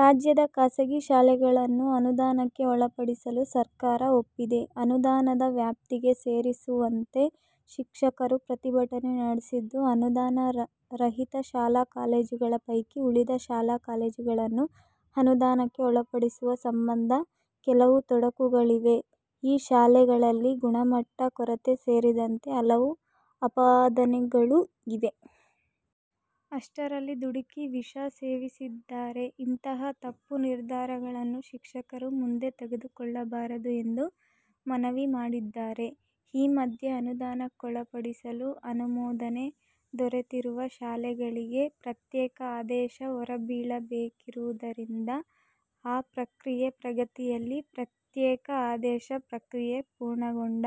ರಾಜ್ಯದ ಖಾಸಗಿ ಶಾಲೆಗಳನ್ನು ಅನುದಾನಕ್ಕೆ ಒಳಪಡಿಸಲು ಸರ್ಕಾರ ಒಪ್ಪಿದೆ. ಅನುದಾನದ ವ್ಯಾಪ್ತಿಗೆ ಸೇರಿಸುವಂತೆ ಶಿಕ್ಷಕರು ಪ್ರತಿಭಟನೆ ನಡೆಸಿದ್ದ ಅನುದಾನ ರಹಿತ ಶಾಲಾ ಕಾಲೇಜುಗಳ ಪೈಕಿ ಉಳಿದ ಶಾಲಾ- ಕಾಲೇಜುಗಳನ್ನು ಅನುದಾನಕ್ಕೆ ಒಳಪಡಿಸುವ ಸಂಬಂಧ ಕೆಲವು ತೊಡಕುಗಳಿವೆ. ಈ ಶಾಲೆಗಳಲ್ಲಿ ಗುಣಮಟ್ಟದ ಕೊರತೆ ಸೇರಿದಂತೆ ಹಲವು ಆಪಾದನೆಗಳೂ ಇವೆ. ಅಷ್ಟರಲ್ಲಿ ದುಡುಕಿ ವಿಷ ಸೇವಿಸಿದ್ದಾರೆ. ಇಂತಹ ತಪ್ಪು ನಿರ್ಧಾರಗಳನ್ನು ಶಿಕ್ಷಕರು ಮುಂದೆ ತೆಗೆದುಕೊಳ್ಳಬಾರದು ಎಂದು ಮನವಿ ಮಾಡಿದ್ದಾರೆ. ಈ ಮಧ್ಯೆ ಅನುದಾನಕ್ಕೊಳಪಡಿಸಲು ಅನುಮೋದನೆ ದೊರೆತಿರುವ ಶಾಲೆಗಳಿಗೆ ಪ್ರತ್ಯೇಕ ಆದೇಶ ಹೊರಬೀಳಬೇಕಿರುವುದರಿಂದ ಆ ಪ್ರಕ್ರಿಯೆ ಪ್ರಗತಿಯಲ್ಲಿದೆ. ಪ್ರತ್ಯೇಕ ಆದೇಶ ಪ್ರಕ್ರಿಯೆ ಪೂರ್ಣಗೊಂಡ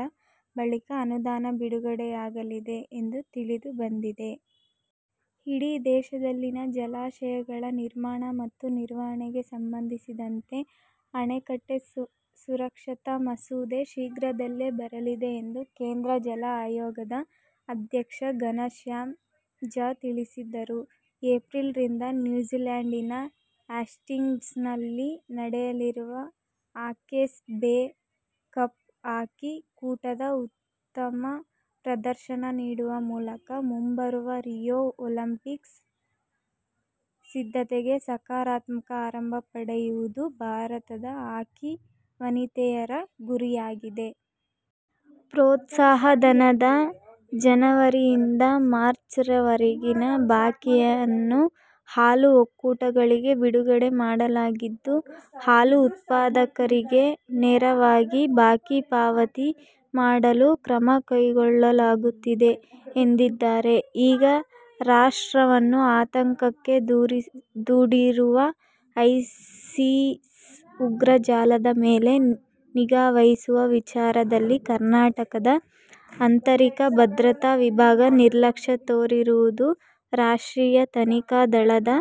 ಬಳಿಕ ಅನುದಾನ ಬಿಡುಗಡೆಯಾಗಲಿದೆ ಎಂದು ತಿಳಿದು ಬಂದಿದೆ. ಇಡೀ ದೇಶದಲ್ಲಿನ ಜಲಾಶಯಗಳ ನಿರ್ಮಾಣ ಮತ್ತು ನಿರ್ವಹಣೆಗೆ ಸಂಬಂಧಿಸಿದಂತೆ "ಅಣೆಕಟ್ಟೆ ಸುರಕ್ಷತಾ ಮಸೂದೆ' ಶೀಘ್ರದಲ್ಲೇ ಬರಲಿದೆ ಎಂದು ಕೇಂದ್ರ ಜಲ ಆಯೋಗದ ಅಧ್ಯಕ್ಷ ಘನಶ್ಯಾಮ್ ಝಾ ತಿಳಿಸಿದರು. ಎಪ್ರಿಲ್ ರಿಂದ ನ್ಯೂಜಿಲ್ಯಾಂಡಿನ ಹಾಸ್ಟಿಂಗ್ಸ್ನಲ್ಲಿ ನಡೆಯಲಿರುವ ಹಾಕೆಸ್ ಬೇ ಕಪ್ ಹಾಕಿ ಕೂಟದಲ್ಲಿ ಉತ್ತಮ ಪ್ರದರ್ಶನ ನೀಡುವ ಮೂಲಕ ಮುಂಬರುವ ರಿಯೋ ಒಲಿಂಪಿಕ್ಸ್ ಸಿದ್ಧತೆಗೆ ಸಕಾರಾತ್ಮಕ ಆರಂಭ ಪಡೆಯುವುದು ಭಾರತ ಹಾಕಿ ವನಿತೆಯರ ಗುರಿಯಾಗಿದೆ. ಪ್ರೋತ್ಸಾಹಧನದ ಜನವರಿಯಿಂದ ಮಾರ್ಚ್ವರೆಗಿನ ಬಾಕಿಯನ್ನು ಹಾಲು ಒಕ್ಕೂಟಗಳಿಗೆ ಬಿಡುಗಡೆ ಮಾಡಲಾಗಿದ್ದು, ಹಾಲು ಉತ್ಪಾದಕರಿಗೆ ನೇರವಾಗಿ ಬಾಕಿ ಪಾವತಿ ಮಾಡಲು ಕ್ರಮ ಕೈಗೊಳ್ಳಲಾಗುತ್ತಿದೆ ಎಂದಿದ್ದಾರೆ. ಈಗ ರಾಷ್ಟ್ರವನ್ನು ಆತಂಕಕ್ಕೆ ದೂಡಿರುವ ಐಸಿಸ್ ಉಗ್ರ ಜಾಲದ ಮೇಲೆ ನಿಗಾವಹಿಸುವ ವಿಚಾರದಲ್ಲಿ ಕರ್ನಾಟಕದ ಆಂತರಿಕ ಭದ್ರತಾ ವಿಭಾಗ ನಿರ್ಲಕ್ಷ್ಯ ತೋರಿರುವುದು ರಾಷ್ಟ್ರೀಯ ತನಿಖಾ ದಳ ದ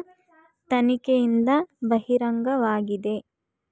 ತನಿಖೆಯಿಂದ ಬಹಿರಂಗವಾಗಿದೆ.